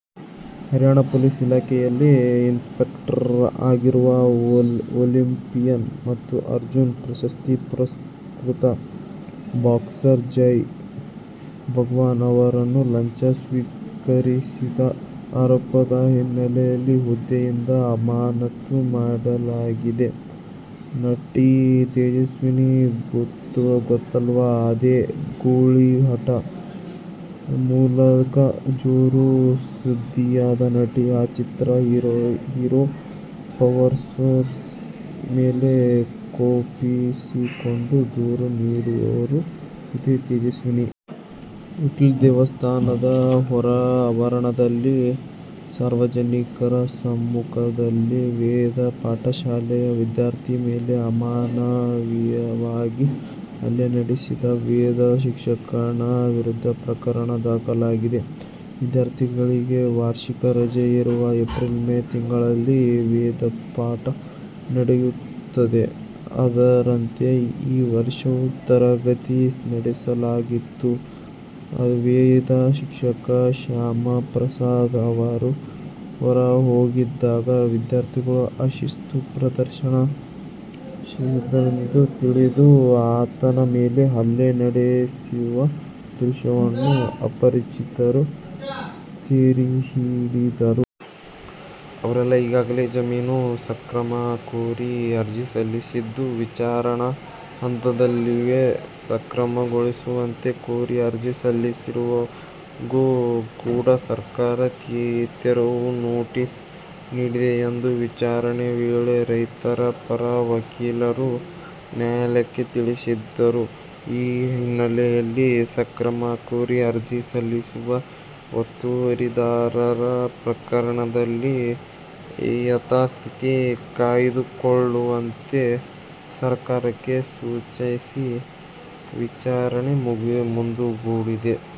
Haryana police ಇಲಾಖೆಯಲ್ಲಿ inspector ಆಗಿರುವ Olympian ಮತ್ತು ಅರ್ಜುನ ಪ್ರಶಸ್ತಿ ಪುರಸ್ಕೃತ ಬಾಕ್ಸರ್ ಜೈ ಭಗವಾನ್ ಅವರನ್ನು ಲಂಚ ಸ್ವೀಕರಿಸಿದ ಆರೋಪದ ಹಿನ್ನೆಲೆಯಲ್ಲಿ ಹುದ್ದೆಯಿಂದ ಅಮಾನತು ಮಾಡಲಾಗಿದೆ. ನಟಿ ತೇಜಸ್ವಿನಿ ಗೊತ್ತಲ್ವಾ? ಅದೇ "ಗೂಳಿಹಟ್ಟಿ' ಮೂಲಕ ಜೋರು ಸುದ್ದಿಯಾದ ನಟಿ. ಆ ಚಿತ್ರದ ಹೀರೋ ಪವನ್ಸೂರ್ಯ ಮೇಲೆ ಕೋಪಿಸಿಕೊಂಡು ದೂರು ನೀಡಿದ್ದವರು ಇದೇ ತೇಜಸ್ವಿನಿ. ವಿಟ್ಲ ದೇವಸ್ಥಾನದ ಹೊರ ಆವರಣದಲ್ಲಿ ಸಾರ್ವಜನಿಕರ ಸಮ್ಮುಖದಲ್ಲಿ ವೇದ ಪಾಠಶಾಲೆಯ ವಿದ್ಯಾರ್ಥಿ ಮೇಲೆ ಅಮಾನವೀಯವಾಗಿ ಹಲ್ಲೆ ನಡೆಸಿದ ವೇದ ಶಿಕ್ಷಕನ ವಿರುದ್ಧ ಪ್ರಕರಣ ದಾಖಲಿಸಲಾಗಿದೆ. ವಿದ್ಯಾರ್ಥಿಗಳಿಗೆ ವಾರ್ಷಿಕ ರಜೆ ಇರುವ ಏಪ್ರಿಲ್ ಮೇ ತಿಂಗಳಲ್ಲಿ ವೇದಪಾಠ ನಡೆಯುತ್ತದೆ. ಅದರಂತೆ ಈ ವರ್ಷವೂ ತರಗತಿ ನಡೆಸಲಾಗಿತ್ತು. ವೇದ ಶಿಕ್ಷಕ ಶ್ಯಾಮಪ್ರಸಾದ ಅವರು ಹೊರ ಹೋಗಿದ್ದಾಗ ವಿದ್ಯಾರ್ಥಿ ಅಶಿಸ್ತು ಪ್ರದರ್ಶಿಸಿದ್ದಾನೆಂದು ತಿಳಿದು ಆತನ ಮೇಲೆ ಹಲ್ಲೆ ನಡೆಸಿರುವ ದೃಶ್ಯವನ್ನು ಅಪರಿಚಿತರು ಸೆರೆಹಿಡಿದಿದ್ದರು. ಅವರೆಲ್ಲಾ ಈಗಾಗಲೇ ಜಮೀನು ಸಕ್ರಮ ಕೋರಿ ಅರ್ಜಿ ಸಲ್ಲಿಸಿದ್ದು, ವಿಚಾರಣಾ ಹಂತದಲ್ಲಿವೆ. ಸಕ್ರಮಗೊಳಿಸುವಂತೆ ಕೋರಿ ಅರ್ಜಿ ಸಲ್ಲಿಸಿದವರಿಗೂ ಕೂಡ ಸರ್ಕಾರ ತೆರವು ನೋಟಿಸ್ ನೀಡಿದೆ ಎಂದು ವಿಚಾರಣೆ ವೇಳೆ ರೈತರ ಪರ ವಕೀಲರು ನ್ಯಾಯಾಲಯಕ್ಕೆ ತಿಳಿಸಿದರು. ಈ ಹಿನ್ನೆಲೆಯಲ್ಲಿ ಸಕ್ರಮ ಕೋರಿ ಅರ್ಜಿ ಸಲ್ಲಿಸಿರುವ ಒತ್ತುವರಿದಾರರ ಪ್ರಕರಣದಲ್ಲಿ ಯಥಾಸ್ಥಿತಿ ಕಾಯ್ದುಕೊಳ್ಳುವಂತೆ ಸರ್ಕಾರಕ್ಕೆ ಸೂಚಿಸಿ ವಿಚಾರಣೆ ಮುಂದೂಡಿತು.